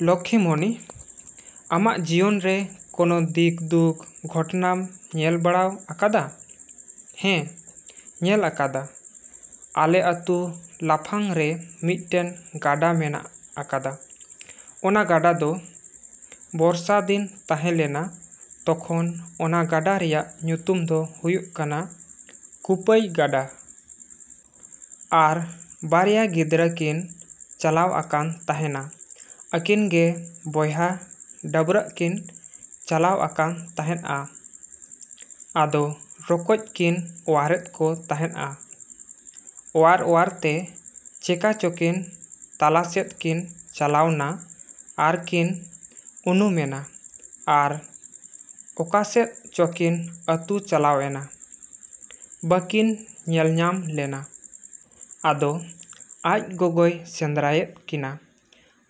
ᱞᱚᱠᱷᱤᱢᱚᱱᱤ, ᱟᱢᱟᱜ ᱡᱤᱭᱚᱱ ᱨᱮ ᱠᱚᱱᱚ ᱫᱤᱱ ᱫᱩᱠ ᱜᱷᱚᱴᱚᱱᱟᱢ ᱧᱮᱞ ᱵᱟᱲᱟᱣ ᱟᱠᱟᱫᱟ? ᱦᱮᱸ, ᱧᱮᱞ ᱟᱠᱟᱫᱟ᱾ ᱟᱞᱮ ᱟᱛᱩ ᱞᱟᱯᱷᱟᱝ ᱨᱮ ᱢᱤᱫᱴᱮᱱ ᱜᱟᱰᱟ ᱢᱮᱱᱟᱜ ᱟᱠᱟᱫᱟ᱾ ᱚᱱᱟ ᱜᱟᱰᱟ ᱫᱚ ᱵᱚᱨᱥᱟᱫᱤᱱ ᱛᱟᱦᱮᱸ ᱞᱮᱱᱟ᱾ ᱛᱚᱠᱷᱚᱱ ᱚᱱᱟ ᱜᱟᱰᱟ ᱨᱮᱭᱟᱜ ᱧᱩᱛᱩᱢ ᱫᱚ ᱦᱩᱭᱩᱜ ᱠᱟᱱᱟ ᱠᱩᱯᱟᱹᱭ ᱜᱟᱰᱟ᱾ ᱟᱨ ᱵᱟᱨᱭᱟ ᱜᱤᱫᱽᱨᱟᱹᱠᱤᱱ ᱪᱟᱞᱟᱣ ᱟᱠᱟᱱ ᱛᱟᱸᱦᱮᱱᱟ᱾ ᱟᱹᱠᱤᱱ ᱜᱮ ᱵᱚᱭᱦᱟ ᱰᱟᱹᱵᱨᱟᱹᱜ ᱠᱤᱱ ᱪᱟᱞᱟᱣ ᱟᱠᱟᱱ ᱛᱟᱸᱦᱮᱫ ᱟ᱾ ᱟᱫᱚ ᱨᱚᱠᱚᱡ ᱠᱤᱱ ᱚᱣᱟᱨᱮᱫ ᱠᱚ ᱛᱟᱦᱮᱸᱫ ᱟ᱾ ᱚᱣᱟᱨᱼᱚᱣᱟᱨᱛᱮ ᱪᱮᱠᱟ ᱪᱚᱠᱤᱱ ᱛᱟᱞᱟᱥᱮᱫ ᱠᱤᱱ ᱪᱟᱞᱟᱣᱱᱟ ᱟᱨᱠᱤᱱ ᱩᱱᱩᱢᱮᱱᱟ᱾ ᱟᱨ ᱚᱠᱟᱥᱮᱫ ᱪᱚᱠᱤᱱ ᱟᱹᱛᱩ ᱪᱟᱞᱟᱣᱮᱱᱟ, ᱵᱟᱹᱠᱤᱱ ᱧᱮᱞᱧᱟᱢ ᱞᱮᱱᱟ᱾ ᱟᱫᱚ ᱟᱡ ᱜᱚᱜᱚᱭ ᱥᱮᱸᱫᱽᱨᱟᱭᱮᱫ ᱠᱤᱱᱟ,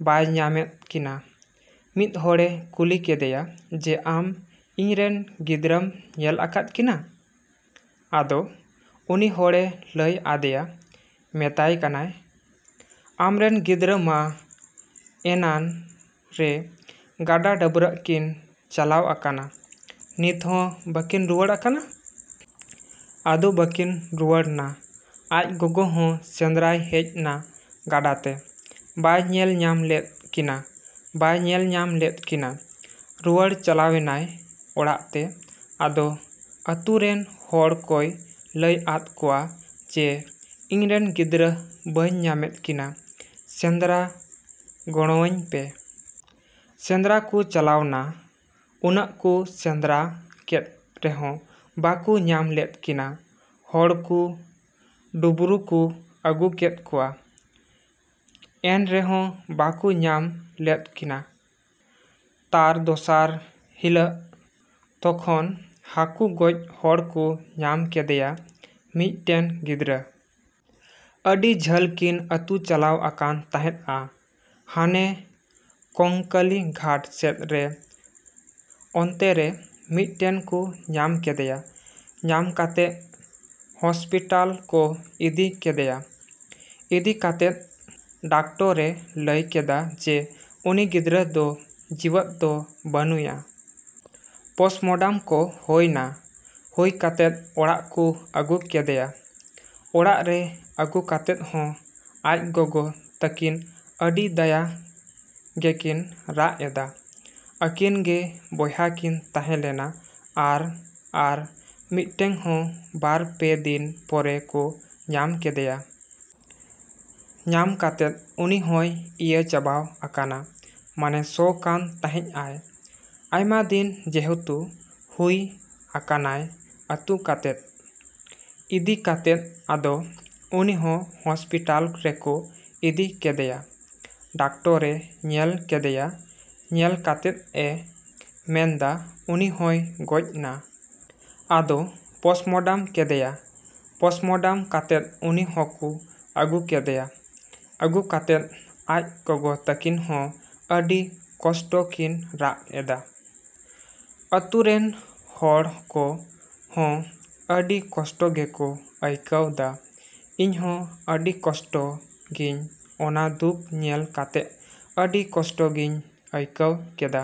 ᱵᱟᱭ ᱧᱟᱢᱮᱫ ᱠᱤᱱᱟ᱾ ᱢᱤᱫ ᱦᱚᱲᱮ ᱠᱩᱞᱤ ᱠᱮᱫᱮᱭᱟ ᱡᱮ ᱟᱢ ᱤᱧᱨᱮᱱ ᱜᱤᱫᱽᱨᱟᱹᱢ ᱧᱮᱞ ᱟᱠᱟᱫ ᱠᱤᱱᱟ? ᱟᱫᱚ ᱩᱱᱤ ᱦᱚᱲᱮ ᱞᱟᱹᱭ ᱟᱫᱮᱭᱟ, ᱢᱮᱛᱟᱭ ᱠᱟᱱᱟᱭ, "ᱟᱢᱨᱮᱱ ᱜᱤᱫᱽᱨᱟᱹ ᱢᱟ ᱮᱱᱟᱱ ᱨᱮ ᱜᱟᱰᱟ ᱰᱟᱹᱵᱨᱟᱹᱜ ᱠᱤᱱ ᱪᱟᱞᱟᱣ ᱟᱠᱟᱱᱟ, ᱱᱤᱛ ᱦᱚᱸ ᱵᱟᱹᱠᱤᱱ ᱨᱩᱣᱟᱹᱲ ᱟᱠᱟᱱᱟ᱾" ᱟᱫᱚ ᱵᱟᱹᱠᱤᱱ ᱨᱩᱣᱟᱹᱲ ᱱᱟ᱾ ᱟᱡ ᱜᱚᱜᱚ ᱦᱚᱸ ᱥᱮᱸᱫᱽᱨᱟᱭ ᱦᱮᱡ ᱱᱟ ᱜᱟᱰᱟ ᱛᱮ᱾ ᱵᱟᱭ ᱧᱮᱞ ᱧᱟᱢ ᱞᱮᱫ ᱠᱤᱱᱟ, ᱵᱟᱭ ᱧᱮᱞ ᱧᱟᱢ ᱞᱮᱫ ᱠᱤᱱᱟ᱾ ᱨᱩᱣᱟᱹᱲ ᱪᱟᱞᱟᱣᱮᱱᱟᱭ ᱚᱲᱟᱜ ᱛᱮ᱾ ᱟᱫᱚ ᱟᱹᱛᱩᱨᱮᱱ ᱦᱚᱲ ᱠᱚᱭ ᱞᱟᱹᱭ ᱟᱫ ᱠᱚᱣᱟ ᱡᱮ ᱤᱧᱨᱮᱱ ᱜᱤᱫᱽᱨᱟᱹ ᱵᱟᱹᱧ ᱧᱟᱢᱮᱫ ᱠᱤᱱᱟ, ᱥᱮᱸᱫᱽᱨᱟ ᱜᱚᱲᱚᱣᱟᱹᱧ ᱯᱮ᱾ ᱥᱮᱸᱫᱽᱨᱟ ᱠᱚ ᱪᱟᱞᱟᱣ ᱱᱟ᱾ ᱩᱱᱟᱹᱜ ᱠᱚ ᱥᱮᱸᱫᱽᱨᱟ ᱠᱮᱫ ᱨᱮᱦᱚᱸ ᱵᱟᱠᱚ ᱧᱟᱢ ᱞᱮᱫ ᱠᱤᱱᱟ᱾ ᱦᱚᱲ ᱠᱚ ᱰᱩᱵᱩᱨᱤ ᱠᱚ ᱟᱹᱜᱩ ᱠᱮᱫ ᱠᱚᱣᱟ, ᱮᱱᱨᱮᱦᱚᱸ ᱵᱟᱠᱚ ᱧᱟᱢ ᱞᱮᱫ ᱠᱤᱱᱟ᱾ ᱛᱟᱨ ᱫᱚᱥᱟᱨ ᱦᱤᱞᱟᱹᱜ ᱛᱚᱠᱷᱚᱱ ᱦᱟᱠᱩ ᱜᱚᱡ ᱦᱚᱲ ᱠᱚ ᱧᱟᱢ ᱠᱮᱫᱮᱭᱟ ᱢᱤᱫᱴᱮᱱ ᱜᱤᱫᱽᱨᱟᱹ᱾ ᱟᱹᱰᱤ ᱡᱷᱟᱹᱞ ᱠᱤᱱ ᱟᱹᱛᱩ ᱪᱟᱞᱟᱣ ᱟᱠᱟᱱ ᱛᱟᱦᱮᱸᱫ ᱟ᱾ ᱦᱟᱱᱮ ᱠᱚᱝᱠᱟᱹᱞᱤ ᱜᱷᱟᱴ ᱥᱮᱫ ᱨᱮ ᱚᱱᱛᱮᱨᱮ ᱢᱤᱫᱴᱮᱱ ᱠᱚ ᱧᱟᱢ ᱠᱮᱫᱮᱭᱟ᱾ ᱧᱟᱢ ᱠᱮᱛᱮᱜ ᱦᱚᱥᱯᱤᱴᱟᱞ ᱠᱚ ᱤᱫᱤ ᱠᱮᱫᱮᱭᱟ᱾ ᱤᱫᱤ ᱠᱮᱛᱮᱜ ᱰᱟᱠᱴᱚᱨᱮ ᱞᱟᱹᱭ ᱠᱮᱫᱟ ᱡᱮ ᱩᱱᱤ ᱜᱤᱫᱽᱨᱟᱹ ᱫᱚ ᱡᱤᱣᱟᱹᱫ ᱫᱚ ᱵᱟᱹᱱᱩᱭᱟ᱾ ᱯᱚᱥᱢᱟᱰᱟᱢ ᱠᱚ ᱦᱩᱭ ᱱᱟ᱾ ᱦᱩᱭ ᱠᱟᱛᱮᱜ ᱚᱲᱟᱜ ᱠᱚ ᱟᱹᱜᱩ ᱠᱮᱫᱮᱭᱟ᱾ ᱚᱲᱟᱜ ᱨᱮ ᱟᱹᱜᱩ ᱠᱟᱛᱮᱫ ᱦᱚᱸ ᱟᱡ ᱜᱚᱜᱚ ᱛᱟᱹᱠᱤᱱ ᱟᱹᱰᱤ ᱫᱟᱭᱟ ᱜᱮᱠᱤᱱ ᱨᱟᱜ ᱮᱫᱟ᱾ ᱟᱹᱠᱤᱱ ᱜᱮ ᱵᱚᱭᱦᱟ ᱠᱤᱱ ᱛᱟᱦᱮᱸ ᱞᱮᱱᱟ᱾ ᱟᱨ ᱟᱨ ᱢᱤᱫᱴᱮᱱ ᱦᱚᱸ ᱵᱟᱨ ᱯᱮ ᱫᱤᱱ ᱯᱚᱨᱮ ᱠᱚ ᱧᱟᱢ ᱠᱮᱫᱮᱭᱟ᱾ ᱧᱟᱢ ᱠᱮᱛᱮᱫ ᱩᱱᱤ ᱦᱚᱸᱭ ᱤᱭᱟᱹ ᱪᱟᱵᱟᱣ ᱟᱠᱟᱱᱟ, ᱢᱟᱱᱮ ᱥᱚ ᱠᱟᱱ ᱛᱟᱦᱮᱸᱡ ᱟᱭ᱾ ᱟᱭᱢᱟ ᱫᱤᱱ ᱡᱮᱦᱮᱛᱩ ᱦᱩᱭ ᱟᱠᱟᱱᱟᱭ ᱟᱹᱛᱩ ᱠᱟᱛᱮᱫ᱾ ᱤᱫᱤ ᱠᱮᱛᱮᱫ ᱟᱫᱚ ᱩᱱᱤ ᱦᱚᱸ ᱦᱚᱥᱯᱤᱴᱟᱞ ᱨᱮᱠᱚ ᱤᱫᱤ ᱠᱮᱫᱮᱭᱟ᱾ ᱰᱟᱠᱴᱚᱨᱮ ᱧᱮᱞ ᱠᱮᱫᱮᱭᱟ᱾ ᱧᱮᱞ ᱠᱮᱛᱮᱜ ᱮ ᱢᱮᱱᱫᱟ ᱩᱱᱤ ᱦᱚᱸᱭ ᱜᱚᱡ ᱱᱟ᱾ ᱟᱫᱚ ᱯᱚᱥᱢᱟᱰᱟᱢ ᱠᱮᱫᱮᱭᱟ᱾ ᱯᱚᱥᱢᱟᱰᱟᱢ ᱠᱟᱛᱮᱫ ᱩᱱᱤ ᱦᱚᱠᱚ ᱟᱹᱜᱩ ᱠᱮᱫᱮᱭᱟ᱾ ᱟᱹᱜᱩ ᱠᱮᱛᱮᱫ ᱟᱡ ᱜᱚᱜᱚ ᱛᱟᱹᱠᱤᱱ ᱦᱚᱸ ᱟᱹᱰᱤ ᱠᱚᱥᱴᱚ ᱠᱤᱱ ᱨᱟᱜ ᱮᱫᱟ᱾ ᱟᱹᱛᱩᱨᱮᱱ ᱦᱚᱲ ᱠᱚ ᱦᱚᱸ ᱟᱹᱰᱤ ᱠᱚᱥᱴᱚ ᱜᱮᱠᱚ ᱟᱹᱭᱠᱟᱹᱣ ᱫᱟ᱾ ᱤᱧ ᱦᱚᱸ ᱟᱹᱰᱤ ᱠᱚᱥᱴᱚ ᱜᱤᱧ ᱚᱱᱟ ᱫᱩᱠ ᱧᱮᱞ ᱠᱟᱛᱮᱜ ᱟᱹᱰᱤ ᱠᱚᱥᱴᱚ ᱜᱤᱧ ᱟᱹᱭᱠᱟᱹᱣ ᱠᱮᱫᱟ᱾